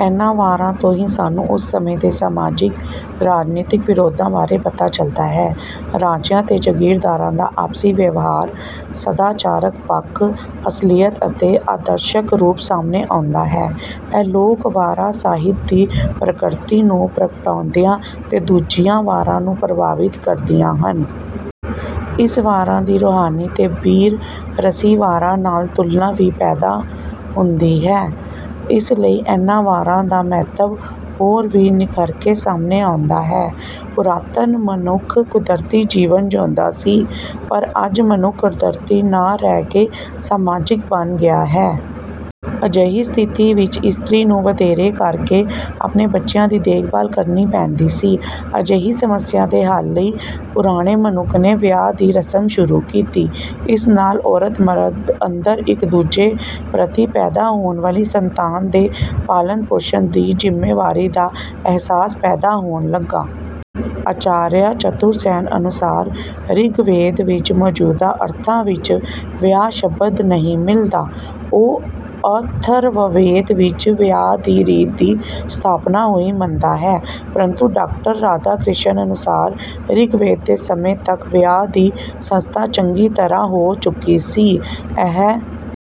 ਇਹਨਾਂ ਵਾਰਾ ਤੋਂ ਹੀ ਸਾਨੂੰ ਉਸ ਸਮੇਂ ਦੇ ਸਮਾਜਿਕ, ਰਾਜਨੀਤਿਕ ਵਿਰੋਧਾ ਬਾਰੇ ਪਤਾ ਚੱਲਦਾ ਹੈ। ਰਾਜਿਆਂ ਤੇ ਜਗੀਰਦਾਰਾ ਦਾ ਆਪਸੀ ਵਿਵਹਾਰ, ਸਦਾਚਾਰਕ ਪੱਖ, ਅਸਲੀਅਤ ਅਤੇ ਆਦਰਸ਼ਕ ਰੂਪ ਸਾਮਹਣੇ ਆਉਂਦਾ ਹੈ। ਇਹ ਲੋਕ ਵਾਰਾ ਸਾਹਿਤ ਦੀ ਪ੍ਰਕਿਰਤੀ ਨੂੰ ਪ੍ਰਗਟਾਉਦੀਆਂ ਤੇ ਦੂਜੀਆਂ ਵਾਰਾਂ ਨੂੰ ਪ੍ਰਭਾਵਿਤ ਕਰਦੀਆਂ ਹਨ। ਇਸ ਵਾਰਾ ਦੀ ਰੂਹਾਨੀ ਤੇ ਬੀਰ ਰਸੀ ਵਾਰਾ ਨਾਲ ਤੁਲਨਾ ਵੀ ਪੈਦਾ ਹੰਦੀ ਹੈ। ਇਸ ਲਈ ਇਹਨਾਂ ਵਾਰਾਂ ਦਾ ਮਹੱਤਵ ਹੋਰ ਵੀ ਨਿਖਰਕੇ ਸਾਮਹਣੇ ਆਉਂਦਾ ਹੈ। ਪੁਰਾਤਨ ਮਨੁੱਖ ਕੁਦਰਤੀ ਜੀਵਨ ਜਿਉਂਦਾ ਸੀ ਪਰ, ਅੱਜ ਮਨੁੱਖ ਕੁਦਰਤੀ ਨਾ ਰਹਿ ਕੇ ਸਮਾਜਿਕ ਬਣ ਗਿਆ ਹੈ। ਅਜਿਹੀ ਸਥਿਤੀ ਵਿੱਚ ਇਸਤਰੀ ਨੂੰ ਵਧੇਰੇ ਕਰ ਕੇ ਆਪਣੇ ਬੱਚਿਆਂ ਦੀ ਦੇਖਭਾਲ ਕਰਨੀ ਪੈਂਦੀ ਸੀ। ਅਜਿਹੀ ਸਮੱਸਿਆਂ ਦੇ ਹੱਲ ਲਈ ਪੁਰਾਣੇ ਮਨੁੱਖ ਨੇ ਵਿਆਹ ਦੀ ਰਸਮ ਸ਼ੁਰੂ ਕੀਤੀ। ਇਸ ਨਾਲ ਔਰਤ-ਮਰਦ ਅੰਦਰ ਇੱਕ-ਦੁਜੇ ਪ੍ਰਤੀ ਪੈਦਾ ਹੋਣ ਵਾਲੀ ਸੰਤਾਨ ਦੇ ਪਾਲਣ-ਪੋਸ਼ਣ ਦੀ ਜ਼ਿੰਮੇਵਾਰੀ ਦਾ ਅਹਿਸਾਸ ਪੈਦਾ ਹੋਣ ਲੱਗਾ। ਆਚਾਰੀਆ ਚਤੁਰਸੈਨ ਅਨੁਸਾਰ 'ਰਿਗਵੇਦ ਵਿੱਚ ਮੌਜੂਦਾ ਅਰਥਾਂ ਵਿੱਚ ਵਿਆਹ ਸ਼ਬਦ ਨਹੀਂ ਮਿਲਦਾ', ਉਹ ਅਥਰਵਵੇਦ ਵਿੱਚ ਵਿਆਹ ਦੀ ਰੀਤ ਦੀ ਸਥਾਪਨਾ ਹੋਈ ਮੰਨਦਾ ਹੈ। ਪਰੰਤੂ ਡਾਕਟਰ ਰਾਧਾ ਕ੍ਰਿਸ਼ਨ ਅਨੁਸਾਰ "ਰਿਗਵੇਦ ਦੇ ਸਮੇਂ ਤੱਕ ਵਿਆਹ ਦੀ ਸੰਸਥਾ ਚੰਗੀ ਤਰ੍ਹਾਂ ਹੋ ਚੁੱਕੀ ਸੀ"।ਇਹ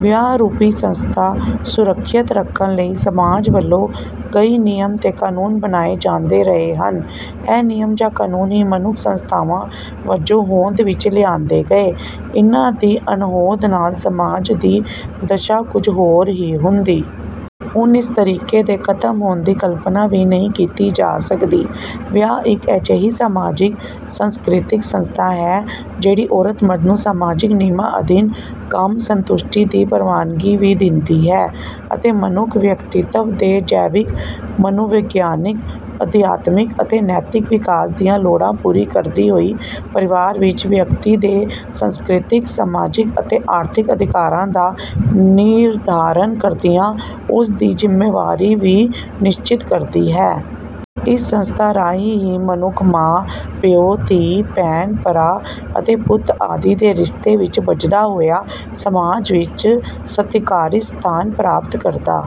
ਵਿਆਹ ਰੂਪੀ ਸੰਸਥਾ ਸਰੁੱਖਿਅਤ ਰੱਖਣ ਲਈ ਸਮਾਜ ਵੱਲੋਂ ਕਈ ਨਿਯਮ ਤੇ ਕਾਨੂੰਨ ਬਣਾਏ ਜਾਂਦੇ ਰਹੇ ਹਨ। ਇਹ ਨਿਯਮ ਜਾਂ ਕਾਨੂੰਨ ਹੀ ਮਨੁੱਖ ਸੰਸਥਾਵਾਂ ਵਜੋਂ ਹੋਂਦ ਵਿੱਚ ਲਿਆਂਦੇ ਗਏ। ਇਨ੍ਹਾਂ ਦੀ ਅਣਹੋਂਦ ਨਾਲ ਸਮਾਜ ਦੀ ਦਸ਼ਾ ਕੁਝ ਹੋਰ ਹੀ ਹੁੰਦੀ। ਹੁਣ ਇਸ ਤਰੀਕੇ ਦੇ ਖ਼ਤਮ ਹੋਣ ਦੀ ਕਲਪਨਾ ਵੀ ਨਹੀਂ ਕੀਤੀ ਜਾ ਸਕਦੀ। ਵਿਆਹ ਇੱਕ ਅਜਿਹੀ ਸਮਾਜਿਕ, ਸੰਸਕ੍ਰਿਤਕ ਸੰਸਥਾ ਹੈ ਜਿਹੜੀ ਔਰਤ-ਮਰਦ ਨੂੰ ਸਮਾਜਿਕ ਨਿਯਮਾਂ ਅਧੀਨ ਕੰਮ ਸੰਤੁਸ਼ਟੀ ਦੀ ਪ੍ਰਵਾਨਗੀ ਵੀ ਦਿੰਦੀ ਹੈ ਅਤੇ ਮਨੁੱਖ ਵਿਅਕਤੀਤਵ ਦੇ ਜੈਵਿਕ, ਮਨੋਵਿਗਿਆਨਿਕ, ਅਧਿਆਤਮਿਕ ਅਤੇ ਨੈਤਿਕ ਵਿਕਾਸ ਦੀਆਂ ਲੋੜਾਂ ਪੂਰੀਆਂ ਕਰਦੀ ਹੋਈ ਪਰਿਵਾਰ ਵਿੱਚ ਵਿਅਕਤੀ ਦੇ ਸੰਸਕ੍ਰਿਤਿਕ, ਸਮਾਜਿਕ ਅਤੇ ਆਰਥਿਕ ਅਧਿਕਾਰਾਂ ਦਾ ਨਿਰਧਾਰਨ ਕਰਦਿਆਂ ਉਸ ਦੀ ਜ਼ਿੰਮੇਵਾਰੀ ਵੀ ਨਿਸ਼ਚਿਤ ਕਰਦੀ ਹੈ। ਇਸ ਸੰਸਥਾਂ ਰਾਹੀਂ ਹੀ ਮਨੁੱਖ ਮਾਂ, ਪਿਉ, ਧੀ, ਭੈਣ, ਭਰਾ ਅਤੇ ਪੁੱਤ ਆਦਿ ਦੇ ਰਿਸ਼ਤੇ ਵਿੱਚ ਬੱਝਦਾ ਹੋਇਆ ਸਮਾਜ ਵਿੱਚ ਸਤਿਕਾਰਿਤ ਸਥਾਨ ਪ੍ਰਾਪਤ ਕਰਦਾ